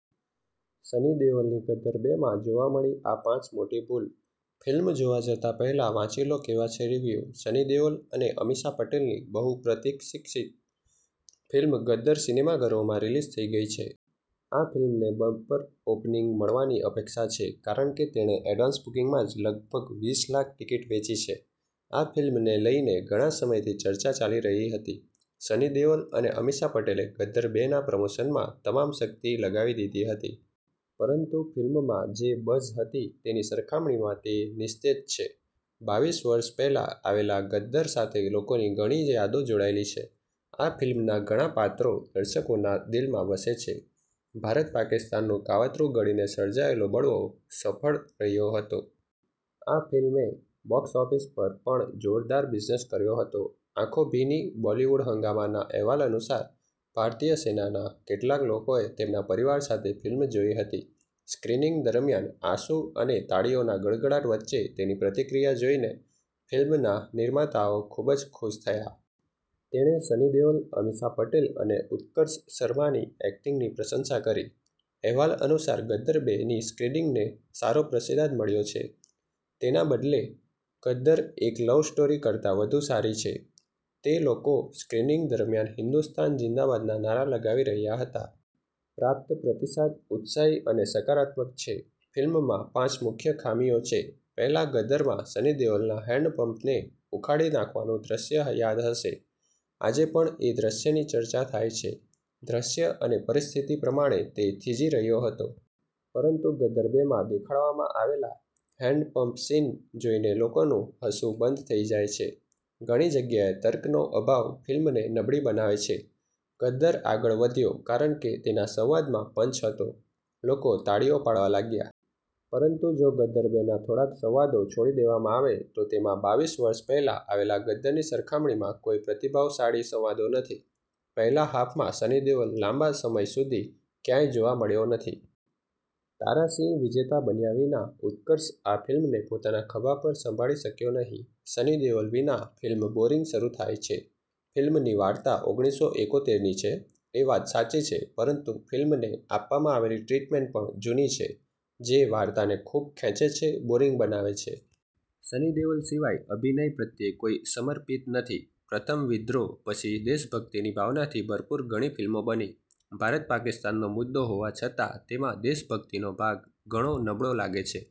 સની દેઓલની ' ગદર બે' માં જોવા મળી આ પાંચ મોટી ભૂલ.ફિલ્મ જોવા જતા પહેલા વાંચી લો કેવા છે રિવ્યૂ. સની દેઓલ અને અમીષા પટેલની બહુપ્રતિક્ષિત ફિલ્મ ગદર સિનેમાઘરોમાં રિલીઝ થઈ ગઈ છે. આ ફિલ્મને બમ્પર ઓપનિંગ મળવાની અપેક્ષા છે કારણ કે તેણે એડવાન્સ બુકિંગમાં જ લગભગ વીસ લાખ ટિકિટ વેચી છે. આ ફિલ્મને લઈને ઘણા સમયથી ચર્ચા ચાલી રહી હતી. સની દેઓલ અને અમીષા પટેલે ગદર બેના પ્રમોશનમાં તમામ શક્તિ લગાવી દીધી હતી. પરંતુ ફિલ્મમાં જે બઝ હતી તેની સરખામણીમાં તે નિસ્તેજ છે. બાવીસ વર્ષ પહેલા આવેલા ગદર સાથે લોકોની ઘણી યાદો જોડાયેલી છે. આ ફિલ્મના ઘણા પાત્રો દર્શકોના દિલમાં વસે છે. ભારત-પાકિસ્તાનનું કાવતરું ઘડીને સર્જાયેલો બળવો સફળ રહ્યો હતો. આ ફિલ્મે બોક્સ ઓફિસ પર પણ જોરદાર બિઝનેસ કર્યો હતો. આંખો ભીની બોલિવૂડ હંગામાના અહેવાલ અનુસાર, ભારતીય સેનાના કેટલાક લોકોએ તેમના પરિવાર સાથે ફિલ્મ જોઈ હતી. સ્ક્રિનિંગ દરમિયાન આંસુ અને તાળીઓના ગડગડાટ વચ્ચે તેની પ્રતિક્રિયા જોઈને ફિલ્મના નિર્માતાઓ ખૂબ જ ખુશ થયા. તેણે સની દેઓલ, અમીષા પટેલ અને ઉત્કર્ષ શર્માની એક્ટિંગની પ્રશંસા કરી. અહેવાલો અનુસાર, ગદર બે ની સ્ક્રીનિંગને સારો પ્રતિસાદ મળ્યો છે. તેના બદલે 'ગદર- એક લવ સ્ટોરી' કરતાં વધુ સારી છે. તે લોકો સ્ક્રીનિંગ દરમિયાન હિન્દુસ્તાન ઝિંદાબાદના નારા લગાવી રહ્યા હતા. પ્રાપ્ત પ્રતિસાદ ઉત્સાહી અને સકારાત્મક છે. ફિલ્મમાં પાંચ મુખ્ય ખામીઓ છે પહેલા ગદરમાં સની દેઓલના હેન્ડપંપને ઉખાડી નાખવાનું દ્રશ્ય યાદ હશે. આજે પણ એ દ્રશ્યની ચર્ચા થાય છે. દ્રશ્ય અને પરિસ્થિતિ પ્રમાણે તે થીજી રહ્યો હતો. પરંતુ ગદર બે માં દેખાડવામાં આવેલ હેન્ડપમ્પ સીન જોઈને લોકોનું હસવું બંધ થઈ જાય છે. ઘણી જગ્યાએ તર્કનો અભાવ ફિલ્મને નબળી બનાવે છે. ગદર આગળ વધ્યો કારણ કે તેના સંવાદમાં પંચ હતો. લોકો તાળીઓ પાડવા લાગ્યા. પરંતુ જો ગદર બે ના થોડાક સંવાદો છોડી દેવામાં આવે તો તેમાં બાવીસ વર્ષ પહેલા આવેલા ગદરની સરખામણીમાં કોઈ પ્રભાવશાળી સંવાદો નથી. પહેલા હાફમાં સની દેઓલ લાંબા સમય સુધી ક્યાંય જોવા મળ્યો નથી. તારા સિંહ વિજેતા બન્યા વિના, ઉત્કર્ષ આ ફિલ્મને પોતાના ખભા પર સંભાળી શક્યો નહીં. સની દેઓલ વિના ફિલ્મ બોરિંગ શરૂ થાય છે. ફિલ્મની વાર્તા ઓગણીસો એકોતેર ની છે, એ વાત સાચી છે, પરંતુ ફિલ્મને આપવામાં આવેલી ટ્રીટમેન્ટ પણ જૂની છે, જે વાર્તાને ખૂબ ખેંચે છે, બોરિંગ બનાવે છે. સની દેઓલ સિવાય અભિનય પ્રત્યે કોઈ સમર્પિત નથી. પ્રથમ વિદ્રોહ પછી દેશભક્તિની ભાવનાથી ભરપૂર ઘણી ફિલ્મો બની. ભારત-પાકિસ્તાનનો મુદ્દો હોવા છતાં તેમાં દેશભક્તિનો ભાગ ઘણો નબળો લાગે છે.